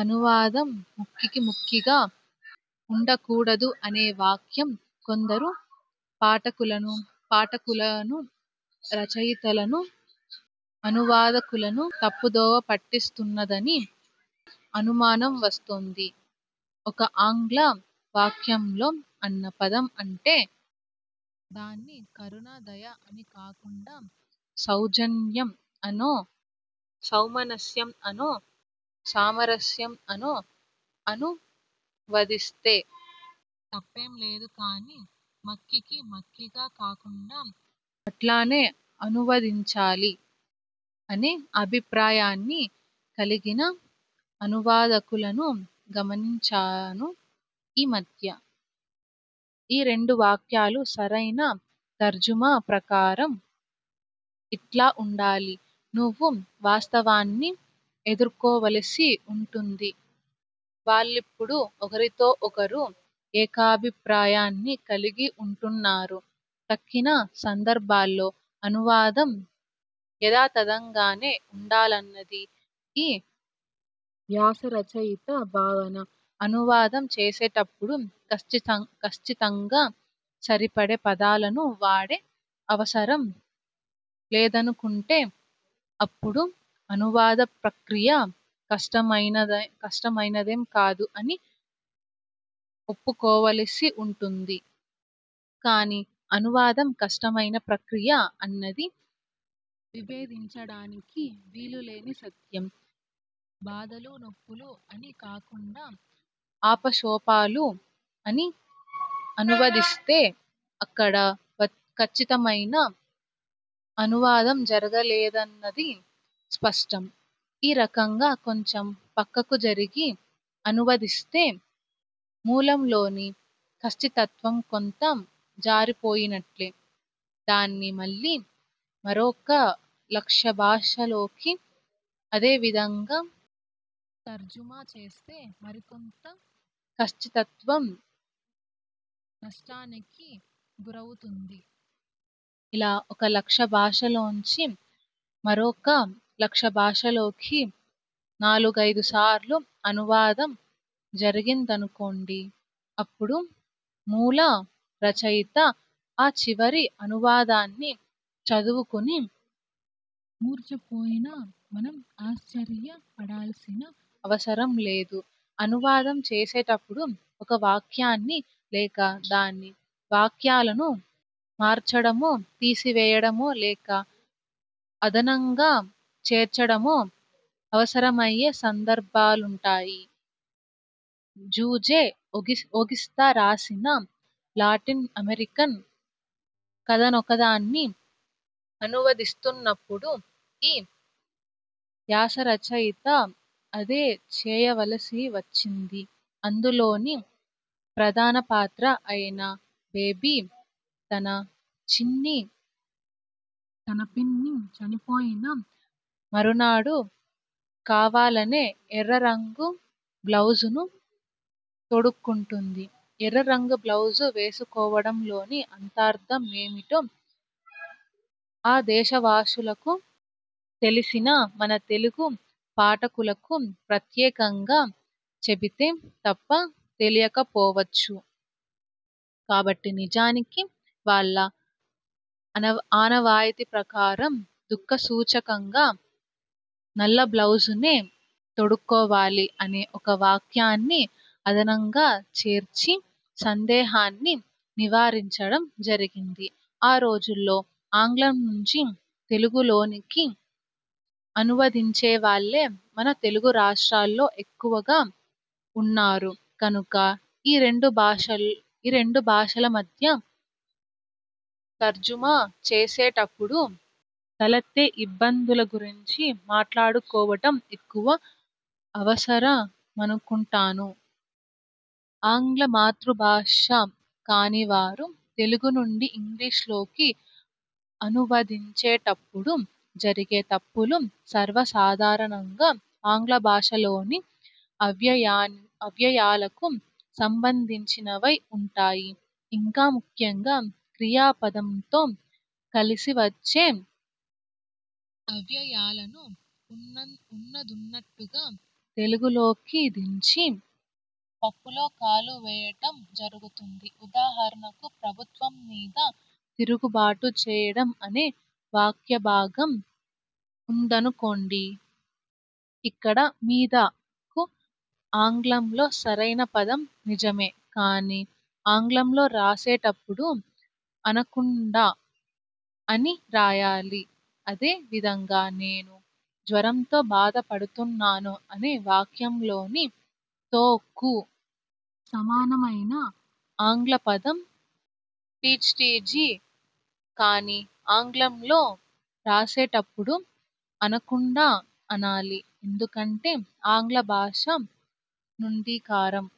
అనువాదం మక్ఖీకి మక్ఖీగా ఉండకూడదు, అనే వాక్యం కొందరు పాఠకులను, రచయితలను, అనువాదకులను తప్పుదోవ పట్టిస్తున్నదని అనుమానం వస్తోంది. ఒక ఆంగ్ల వాక్యంలో అన్న పదం ఉంటే, దాన్ని కరుణ దయ అని కాకుండా సౌజన్యం అనో, సౌమనస్యం అనో, సామరస్యం అనో అనువదిస్తే తప్పేం లేదు కానీ మక్ఖీకి మక్ఖీగా కాకుండా అట్లానే అనువదించాలి అనే అభిప్రాయాన్ని కలిగిన అనువాదకులను గమనించాను ఈ మధ్య. ఈ రెండు వాక్యాలు సరైన తర్జుమా ప్రకారం ఇట్లా వుండాలి నువ్వు వాస్తవాన్ని ఎదుర్కోవలసి ఉంటుంది వాళ్లిప్పుడు ఒకరితో ఒకరు ఏకాభిప్రాయాన్ని కలిగి ఉంటున్నారు. తక్కిన సందర్భాల్లో అనువాదం యథాతథంగానే ఉండాలన్నది ఈ వ్యాసరచయిత భావన. 'అనువాదం' చేసేటప్పుడు కచ్చితంగా సరిపడే పదాలను వాడే అవసరం లేదనుకుంటే, అప్పుడు అనువాద ప్రక్రియ కష్టమైనదేం కాదు అని ఒప్పుకోవలసి ఉంటుంది. కాని, అనువాదం కష్టమైన ప్రక్రియ అన్నది విభేదించడానికి వీలు లేని సత్యం. బాధలు నొప్పులు అని కాకుండా ఆపసోపాలు అని అనువదిస్తే అక్కడ కచ్చితమైన అనువాదం జరగలేదన్నది స్పష్టం. ఈ రకంగా కొంచెం పక్కకు జరిగి అనువదిస్తే మూలంలోని కచ్చితత్వం కొంత జారిపోయినట్టే. దాన్ని మళ్లీ మరొక లక్ష్యభాష లోకి అదే విధంగా తర్జుమా చేస్తే మరికొంత కచ్చితత్వం నష్టానికి గురవుతుంది. ఇట్లా ఒక లక్ష్య భాషలోంచి మరొక లక్ష్య భాషలోకి నాలుగైదు సార్లు అనువాదం జరిగిందనుకోండి అప్పుడు మూల రచయిత ఆ చివరి అనువాదాన్ని చదువుకుని మూర్ఛపోయినా మనం ఆశ్చర్యపడాల్సిన అవసరం లేదు! అనువాదం చేసేటప్పుడు ఒక వాక్యాన్ని, లేక కొన్ని వాక్యాలను మార్చడమో తీసివేయడమో లేక అదనంగా చేర్చడమో అవసరమయ్యే సందర్భాలుంటారు. జూజే ఓగిస్తా రాసిన లాటిన్ అమెరికన్ కథనొకదాన్ని అనువదిస్తున్నప్పుడు ఈ వ్యాసరచయిత అదే చేయవలసి వచ్చింది. అందులోని ప్రధాన పాత్ర అయిన బేబీ, తన పిన్ని చనిపోయిన మరునాడు కావాలనే ఎర్ర రంగు బ్లౌజును తొడుక్కుంటుంది. ఎర్ర రంగు బ్లౌజు వేసుకోవడం లోని అంతరార్థమేమిటో ఆ దేశవాసులకు తెలిసినా మన తెలుగు పాఠకులకు ప్రత్యేకంగా చెబితే తప్ప తెలియకపోవచ్చు. కాబట్టి 'నిజానికి వాళ్ల ఆనవాయితీ ప్రకారం దుఃఖసూచకంగా నల్ల బ్లౌజునే తొడుక్కోవాలి' అనే ఒక వాక్యాన్ని అదనంగా చేర్చి సందేహాన్ని నివారించడం జరిగింది. ఈ రోజుల్లో ఆంగ్లం నుంచి తెలుగులోనికి అనువదించేవాళ్లే మన తెలుగు రాష్ట్రాలలో ఎక్కువగా ఉన్నారు కనుక, ఈ రెండు భాషల మధ్య తర్జుమా చేసేటప్పుడు తలెత్తే ఇబ్బందుల గురించి మాట్లాడుకోవటం ఎక్కువ అవసరమనుకుంటాను. ఆంగ్లం మాతృభాష కానివారు తెలుగు నుండి ఇంగ్లిష్ లోకి అనువదిం చేటప్పుడు జరిగే తప్పులు సర్వసాధారణంగా ఆంగ్లభాషలోని అవ్యయాలకు సంబంధించినవై ఉంటాయి. ఇంకా ముఖ్యంగా, క్రియాపదంతో కలిసి వచ్చే అవ్యయాలను ఉన్నదున్నట్టుగా తెలుగులోకి దించి, పప్పులో కాలు వేయటం జరుగుతుంది. ఉదాహరణకు, ప్రభుత్వం మీద తిరుగుబాటు చేయడం అనే వాక్యభాగం ఉందనుకోండి. ఇక్కడ 'మీద'కు ఆంగ్లంలో సరైన పదం, నిజమే. కాని, ఆంగ్లంలో రాసేటప్పుడు అనకుండా అని రాయాలి. అదే విధంగా నేను జ్వరంతో బాధ పడుతున్నాను అనే వాక్యంలోని 'తో' కు సమానమైన ఆంగ్ల పదం ఠీజ్టీజి. కాని, ఆంగ్లంలో రాసేటప్పుడు అనకుండా, అనాలి. ఎందుకంటే, ఆంగ్ల భాషా నుడికారం